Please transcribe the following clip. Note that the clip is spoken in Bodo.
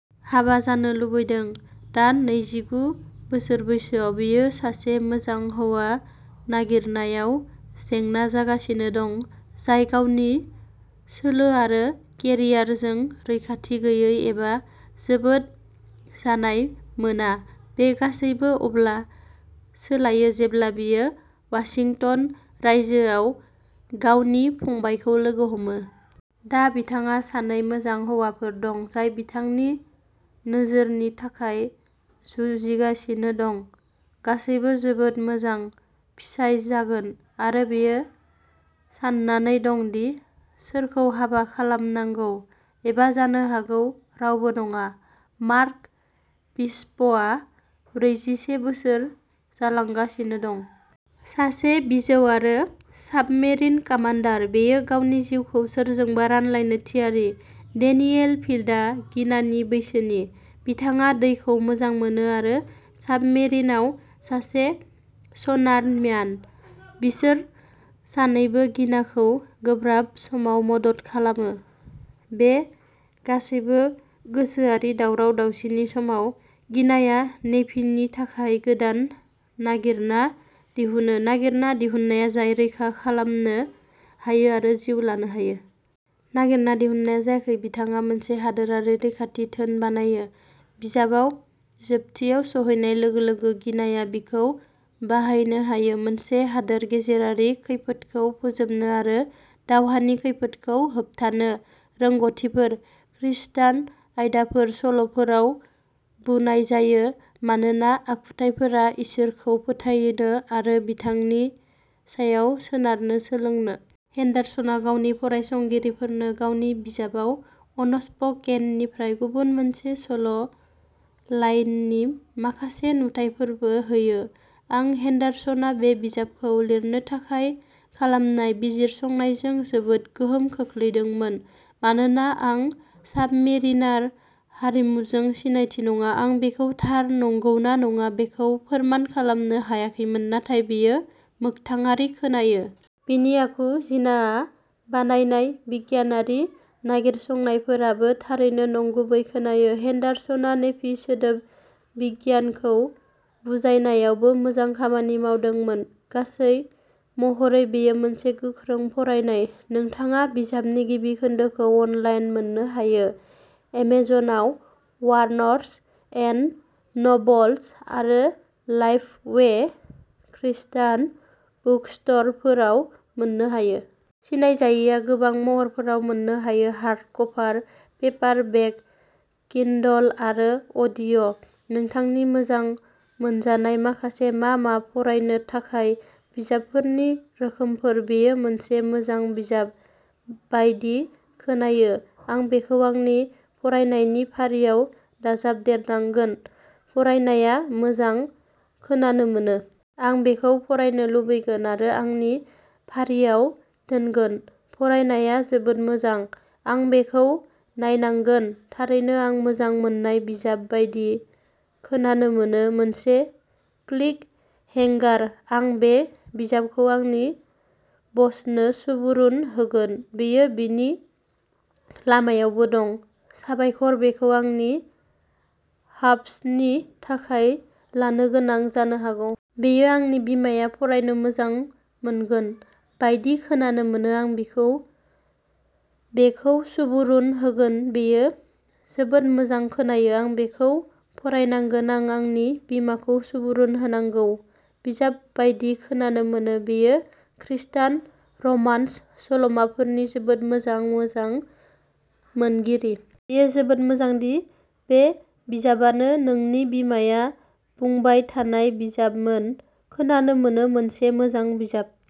हाबा जानो लुबैदों। दा नैजिगु बोसोर बैसोआव बियो सासे मोजां हौवा नागिरनायाव जेंना जागासिनो दं, जाय गावनि सोलो आरो केरियारजों रैखाथि गैयै एबा जोबोद जानाय मोना। बे गासैबो अब्ला सोलायो जेब्ला बियो वाशिंटन रायजोआव गावनि फंबायखौ लोगो हमो। दा बिथांहा सानै मोजां हौवाफोर दं, जाय बिथांनि नोजोरनि थाखाय जुजिगासिनो दं। गासैबो जोबोद मोजां फिसाय जागोन, आरो बियो सान्नानै दं दि सोरखौ हाबा खालामनांगौ, एबा जानो हागौ रावबो नङा। मार्क बिशपआ ब्रैजिसे बोसोर जालांगासिनो दं। सासे बिजौ आरो साबमेरिन कामान्डार, बियो गावनि जिउखौ सोरजोंबा रानलायनो थियारि। डेनियेल फील्डआ गिनानि बैसोनि। बिथाङा दैखौ मोजां मोनो आरो साबमेरिनआव सासे सनारम्यान। बिसोर सानैबो गिनाखौ गोब्राब समाव मदद खालामो। बे गासैबो गोसोआरि दावराव-दावसिनि समाव, गिनाया नेभिनि थाखाय गोदान नागिरना दिहुनो; नागिरना दिहुननाया जाय रैखा खालामनो हायो आरो जिउ लानो हायो। नागिरना दिहुननाया जायखौ बिथाङा मोनसे हादोरारि रैखाथि धोन बानायो। बिजाबआ जोबथियाव सौहैनाय लोगो लोगो, गिनाया बिखौ बाहायनो हायो। मोनसे हादोर गेजेरारि खैफोदखौ फोजोबनो आरो दावहानि खैफोदखौ होबथानो रोंग'थिफोर। खृस्टान आयदाफोरा सल'फोराव बुनाय जायो मानोना आखुथाइफोरा इसोरखौ फोथायनो आरो बिथांनि सायाव सोनारनो सोलोंनो। हेन्डारसनआ गावनि फरायसंगिरिफोरनो गावनि बिजाब अनस्प'केन निफ्राय गुबुन मोनसे सल' लाइननि माखासे नुथाइफोरबो होयो। आं हेन्डारसनआ बे बिजाबखौ लिरनो थाखाय खालामनाय बिजिरसंनायजों जोबोद गोहोम खोख्लैमोन। मानोना आं साबमेरिनार हारिमुजों सिनायथि नङा, आं बेखौ थार नंगौना नङा बेखौ फोरमान खालामनो हायाखैमोन, नाथाय बेयो मोगथाङारि खोनायो। बिनि आखु जिनाआ बानायनाय बिगियानारि नागिरसंनायफोर आबो थारैनो नंगुबै खोनायो। हेन्डारसनआ नेभि सोदोबबिगियानखौ बुजायनायावबो मोजां खामानि मावदोंमोन। गासै महरै, बेयो मोनसे गोख्रों फरायनाय। नोंथाङा बिजाबनि गिबि खोन्दोखौ अनलाइन मोननो हायो। एमेजनआव, बार्न्स एन्ड न'बल्स आरो लाइफवे खृस्टान बुकस्ट'रफोराव मोननो हायो। सिनायजायैआ गोबां महरफोराव मोननो हायो। हार्डकभार, पेपारबेक, किन्डल आरो अडिय'। नोंथांनि मोजां मोनजानाय माखासे मा मा फरायनो थाखाय बिजाबफोरनि रोखोमफोर बेयो मोनसे मोजां बिजाब बायदि खोनायो। आं बेखौ आंनि फरायनायनि फारियाव दाजाबदेरनांगोन। फरायनाया मोजां खोनानो मोनो। आं बेखौ फरायनो लुबैगोन आरो आंनि फारियाव दोनगोन। फरायनाया जोबोद मोजां। आं बेखौ नायनांगोन। थारैनो आं मोजां मोन्नाय बिजाब बायदि खोनानो मोनो मोनसे क्लिफ हेंगार, आं बे बिजाबखौ आंनि बसनो सुबुरुन होगोन, बेयो बिनि लामायावनो दं साबायखर, बेखौ आंनि हाब्सनि थाखाय लानो गोनां जानो हागौ। बेयो आंनि बिमाया फरायनो मोजां मोनगोन बायदि खोनानो मोनो। आं बिखौ बेखौ सुबुरुन होगोन बेयो जोबोद मोजां खोनायो। आं बेखौ फरायनांगोन आं आंनि बिमाखौ सुबुरुन होनांगौ बिजाब बायदि खोनानो मोनो। बियो खृस्टान रमान्स सल'माफोरनि जोबोद मोजां मोजां मोनगिरि। बेयो जोबोद मोजां दि बे बिजाबानो नोंनि बिमाया बुंबाय थानाय बिजाबमोन खोनानो मोनो मोनसे मोजां बिजाब।